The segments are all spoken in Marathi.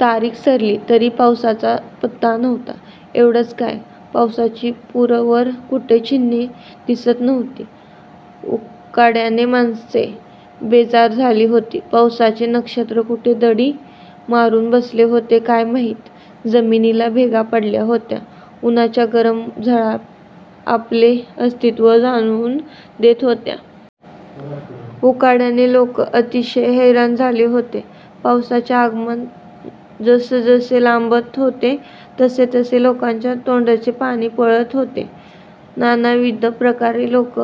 तारीख सरली, तरी पावसाचा पत्ता नव्हता. एवढेच काय! पावसाची दूरवर कुठे चिन्हेही दिसत नव्हती. उकाड्याने माणसे बेजार झाली होती. पावसाचे नक्षत्र कुठे दडी मारून बसले होते काय माहीत? जमिनीला भेगा पडल्या होत्या. उन्हाच्या गरम झळा आपले अस्तित्व जाणवून देत होत्या. उकाड्याने लोक अतिशय हैराण झाले होते. पावसाचे आगमन जसजसे लांबत होते, तसतसे लोकांच्या तोंडचे पाणी पळत होते. नानाविध प्रकारे लोक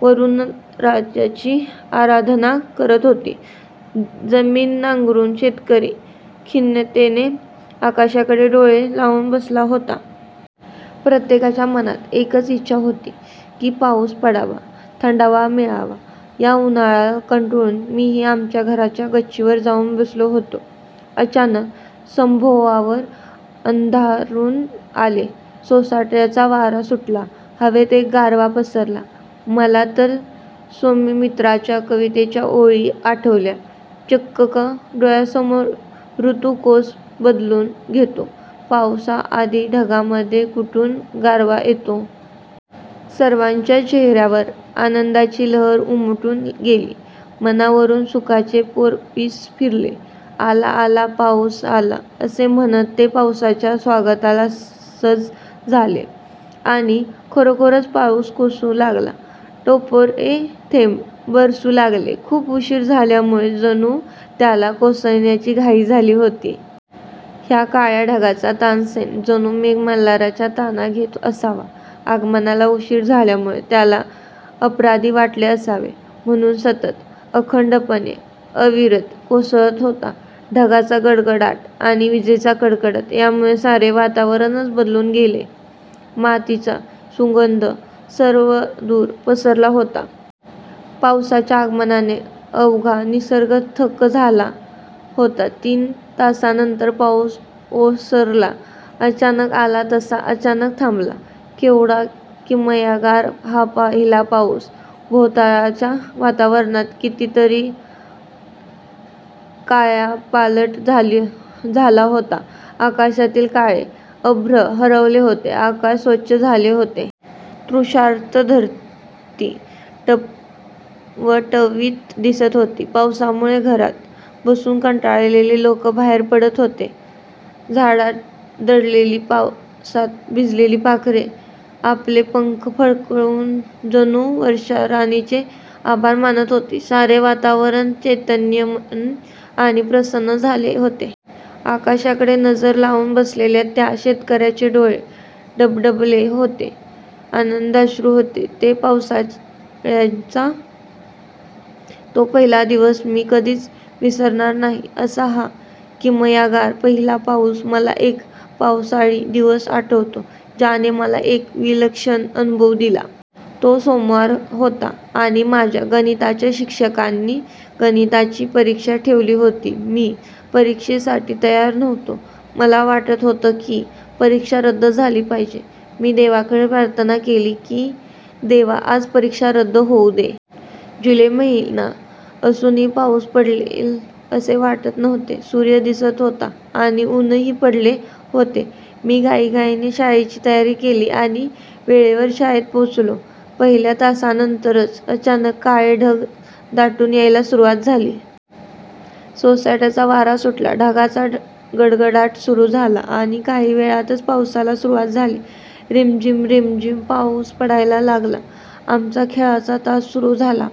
वरुणराजाची आराधना करत होते. जमीन नांगरून शेतकरी खिन्नतेने आकाशाकडे डोळे लावून बसला होता. प्रत्येकाच्या मनात एकच इच्छा होती की पाऊस पडावा, थंडावा मिळावा. या उन्हाला कंटाळून मीही आमच्या घराच्या गच्चीवर जाऊन बसलो होतो. अचानक सभोवार अंधारून आले. सोसाट्याचा वारा सुटला. हवेत एक गारवा पसरला. मला तर सौमित्रच्या कवितेच्या ओळी आठवल्या, चक्क डोळ्यांसमोर ऋतु कोस बदलून घेतो, पावसा आधी ढगांमध्ये कुठून गारवा येतो? सर्वांच्या चेहऱ्यावर आनंदाची लहर उमटून गेली. मनावरून सुखाचे मोरपीस फिरले. 'आला, आला, पाऊस आला! ' असे म्हणत ते पावसाच्या स्वागताला सज्ज झाले. आणि खरोखरच पाऊस कोसळू लागला. टपोरे थेंब बरसू लागले. खूप उशीर झाल्यामुळे जणू त्यांना कोसळण्याची घाई झाली होती. हा काळ्या ढगांचा तानसेन जणू मेघमल्हाराच्या ताना घेत असावा. आगमनाला उशीर झाल्यामुळे त्याला अपराधी वाटले असावे, म्हणून सतत अखंडपणे अविरत कोसळत होता. ढगांचा गडगडाट, विजांचा कडकडाट यामुळे सारे वातावरणच बदलून गेले. मातीचा सुगंध सर्वदूर पसरला होता. पावसाच्या आगमनाने अवघा निसर्ग थक्क झाला होता. तीन तासांनंतर पाऊस ओसरला. अचानक आला तसा अचानक थांबला. केवढा किमयागार हा पहिला पाऊस! भोवतालच्या वातावरणात कितीतरी कायापालट झाला होता. आकाशातील काळे अभ्र हरवले होते. आकाश स्वच्छ झाले होते. तृषार्त धरती टवटवीत दिसत होती. पावसामुळे घरात बसून कंटाळलेले लोक बाहेर पडत होते. झाडात दडलेली, पावसात भिजलेली पाखरे आपले पंख फडफडवून जणू वर्षाराणीचे आभार मानत होती. सारे वातावरण चैतन्यमय आणि प्रसन्न झाले होते. आकाशाकडे नजर लावून बसलेल्या त्या शेतकऱ्यांचे डोळे डबडबले होते. आनंदाश्रू होते ते! पावसाळ्याचा तो पहिला दिवस मी कधीच विसरणार नाही. असा हा किमयागार पहिला पाऊस! मला एक पावसाळी दिवस आठवतो ज्याने मला एक विलक्षण अनुभव दिला. तो सोमवार होता आणि माझ्या गणिताच्या शिक्षकांनी गणिताची परीक्षा ठेवली होती. मी परीक्षेसाठी तयार नव्हतो. मला वाटत होते की परीक्षा रद्द झाली पाहिजे. मी देवाकडे प्रार्थना केली की, 'देवा, आज परीक्षा रद्द होऊदे. ' जुलै महिना असूनही पाऊस पडेल असे वाटत नव्हते. सूर्य दिसत होता आणि ऊनही पडले होते. मी घाईघाईने शाळेची तयारी केली आणि वेळेवर शाळेत पोहोचलो. पहिल्या तासानंतरच अचानक काळे ढग दाटून यायला सुरुवात झाली. सोसाट्याचा वारा सुटला. ढगांचा गडगडाट सुरू झाला. आणि काही वेळातच पावसाला सुरुवात झाली. रिमझिम रिमझिम पाऊस पडायला लागला. आमचा खेळाचा तास सुरू झाला.